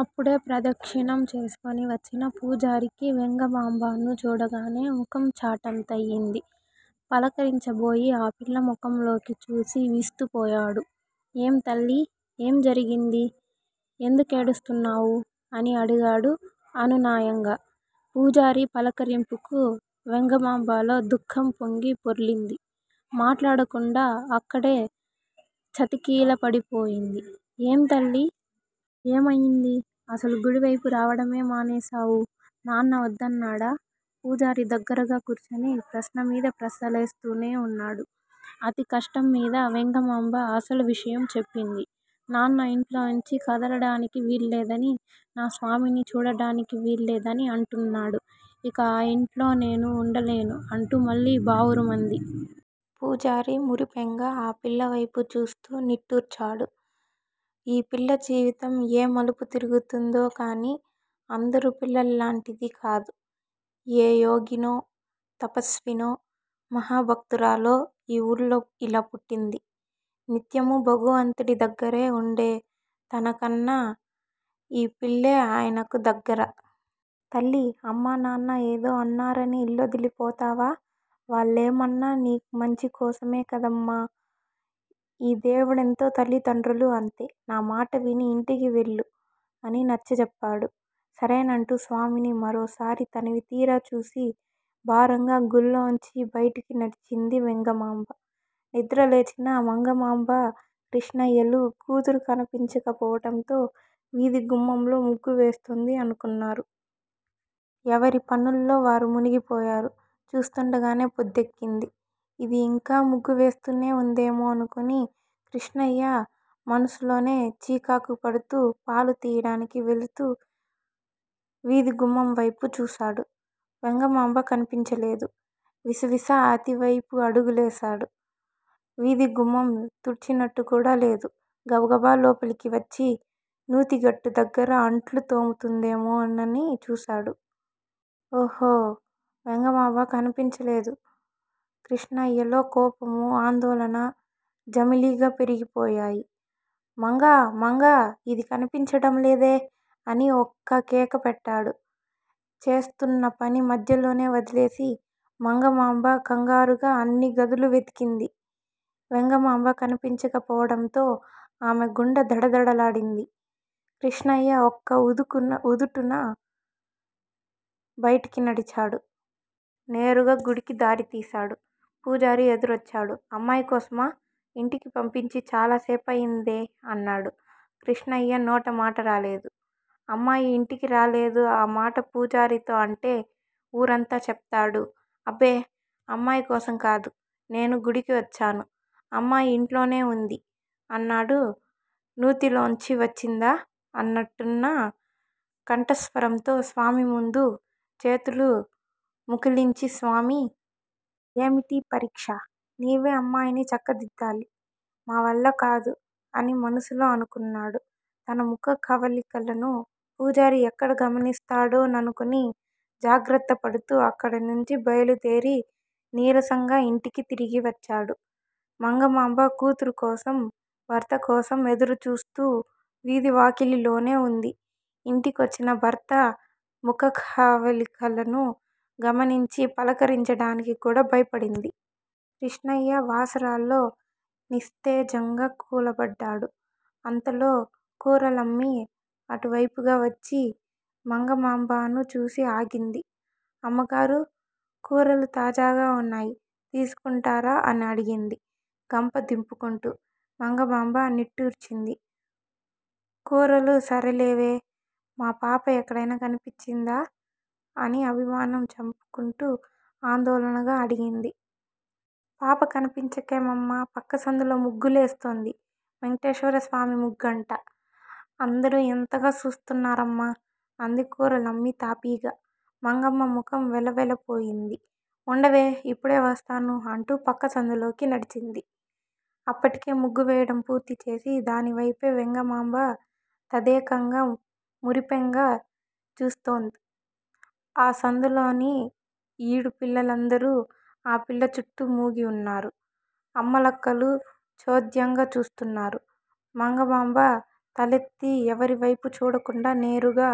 అప్పుడే ప్రదక్షిణం చేసుకుని వచ్చిన పూజారికి వెంగమాంబను చూడగానే ముఖం చాటంతయింది. పలకరించబోయి ఆపిల్ల ముఖంలోకి చూసి విస్తుపోయాడు. ఏం తల్లీ? ఏం జరిగింది? ఎందుకేడుస్తున్నావు? అని అడిగాడు అనునయంగా. పూజారి పలకరింపుకు వెంగమాంబలో దుఃఖం పొంగి పొర్లింది. మాట్లాడకుండా అక్కడే చతికిలబడిపోయింది. ఏం తల్లీ! ఏమయింది? అసలు గుడివైపు రావడమే మానేశావు. నాన్న వద్దన్నాడా? పూజారి దగ్గరగా కూర్చుని ప్రశ్నమీద ప్రశ్నలేస్తూనే ఉన్నాడు. అతికష్టంమీద వెంగమాంబ అసలు విషయం చెప్పింది. నాన్న ఇంట్లోంచి కదలడానికి వీల్లేదని, నా స్వామిని చూడడానికి వీల్లేదని అంటున్నాడు. ఇక ఆ యింట్లో నేను ఉండలేను అంటూ మళ్ళీ బావురుమంది. పూజారి మురిపెంగా ఆ పిల్లవైపు చూస్తూ నిట్టూర్చాడు. ఈ పిల్ల జీవితం ఏ మలుపు తిరుగుతుందో కానీ, అందరు పిల్లల్లాంటిది కాదు. ఏ యోగినో, తపస్వినో, మహాభక్తురాలో ఈ ఊళ్లో ఇలా పుట్టింది. నిత్యమూ భగవంతుడి దగ్గరే ఉండే తనకన్నా ఈ పిల్లే ఆయనకు దగ్గర. తల్లీ! అమ్మా నాన్న ఏదో అన్నారని ఇల్లొదిలిపోతావా? వాళ్ళేమన్నా నీ మంచి కోసమే కదమ్మా. ఈ దేవుడెంతో తల్లిదండ్రులూ అంతే. నా మాట విని ఇంటికి వెళ్ళు అని నచ్చజెప్పాడు. సరేనంటూ స్వామిని మరోసారి తనివితీరా చూసి భారంగా గుళ్ళోంచి బయటికి నడిచింది వెంగమాంబ. నిద్రలేచిన మంగమాంబ, కృష్ణయ్యలు కూతురు కనిపించకపోవడంతో వీథిగుమ్మంలో ముగ్గు వేస్తోంది అనుకున్నారు. ఎవరి పనుల్లో వారు మునిగిపోయారు. చూస్తూండగానే పొద్దెక్కింది. ఇది ఇంకా ముగ్గు వేస్తూనే ఉందేమోననుకుని కృష్ణయ్య మనసులోనే చికాకుపడుతూ పాలు తీయడానికి వెళుతూ వీథిగుమ్మంవైపు చూశాడు. వెంగమాంబ కనిపించలేదు. విసవిసా అతివైపు అడుగులేశాడు. వీథిగుమ్మం తుడిచినట్టు కూడా లేదు. గబగబ లోపలికి వచ్చి, నూతిగట్టు దగ్గర అంట్లు తోముతుందేమోనని చూశాడు. ఉహూఁ వెంగమాంబ కనిపించలేదు. కృష్ణయ్యలో కోపమూ, ఆందోళన జమిలిగా పెరిగిపోయాయి. మంగా మంగా ఇది కనిపించడం లేదే అని ఒక్కకేకపెట్టాడు. చేస్తున్న పని మధ్యలోనే వదిలేసి మంగమాంబ కంగారుగా అన్ని గదులూ వెతికింది. వెంగమాంబ కనిపించకపోవడంతో ఆమె గుండె దడదడలాడింది. కృష్ణయ్య ఒక్క ఉదుటున బయటికి నడిచాడు. నేరుగా గుడికి దారి తీశాడు. పూజారి ఎదురొచ్చాడు. అమ్మాయి కోసమా? ఇంటికి పంపించి చాలా సేపయిందే అన్నాడు. కృష్ణయ్య నోటమాట రాలేదు. అమ్మాయి ఇంటికి రాలేదు ఆమాట పూజారితో అంటే ఊరంతా చెప్తాడు. అబ్బే అమ్మాయికోసం కాదు. నేను గుడికి వచ్చాను. అమ్మాయి ఇంట్లోనే ఉంది అన్నాడు నూతిలోంచి వచ్చిందా అన్నట్టున్న కంఠస్వరంతో స్వామిముందు చేతులు ముకుళించి స్వామీ! ఏమిటీ పరీక్ష! నీవే అమ్మాయిని చక్కదిద్డాలి. మావల్ల కాదు అని మనసులో అనుకున్నాడు. తన ముఖ కవళికలను పూజారి ఎక్కడ గమనిస్తాడో ననుకుని జాగ్రత్తపడుతూ అక్కడినుంచి బయలుదేరి నీరసంగా ఇంటికి తిరిగి వచ్చాడు. మంగమాంబ కూతురు కోసం, భర్త కోసం ఎదురుచూస్తూ వీథివాకిలిలోనే ఉంది. ఇంటికొచ్చిన భర్త ముఖకవళికలను గమనించి, పలకరించడానికి కూడా భయపడింది. కృష్ణయ్య వసారాలో నిస్తేజంగా కూలబడ్డాడు. అంతలో కూరలమ్మి అటువైపుగా వచ్చి, మంగమాంబను చూసి ఆగింది. అమ్మగారూ, కూరలు తాజాగా వున్నాయి. తీసుకుంటారా? అని అడిగింది గంప దింపుకుంటూ. మంగమాంబ నిట్టూర్చింది. 'కూరలు సరేలేవే. మాపాప ఎక్కడైనా కనిపించిందా? ' అని అభిమానం చంపుకుంటూ, ఆందోళనగా అడిగింది. పాప కనిపించకేమమ్మా! పక్క సందులో ముగ్గులేస్తోంది. వెంటేశ్వర స్వామి ముగ్గంట. అందరూ ఇంతగా సూత్తున్నారమ్మా! అంది కూరలమ్మి తాపీగా. మంగమ్మ ముఖం వెలవెలపోయింది. ఉండవే, ఇప్పుడే వస్తాను అంటూ పక్క సందులోకి నడిచింది. అప్పటికే ముగ్గువేయడం పూర్తీచేసి దానివైపే వెంగమాంబ తదేకంగా, మురిపెంగా చూస్తోంద్. ఆ సందులోని ఈడు పిల్లందరూ ఆ పిల్ల చుట్టూ మూగి ఉన్నారు. అమ్మలక్కలు చోద్యంగా చూస్తున్నారు. మంగమాంబ తలెత్తి ఎవరివైపూ చూడకుండా, నేరుగా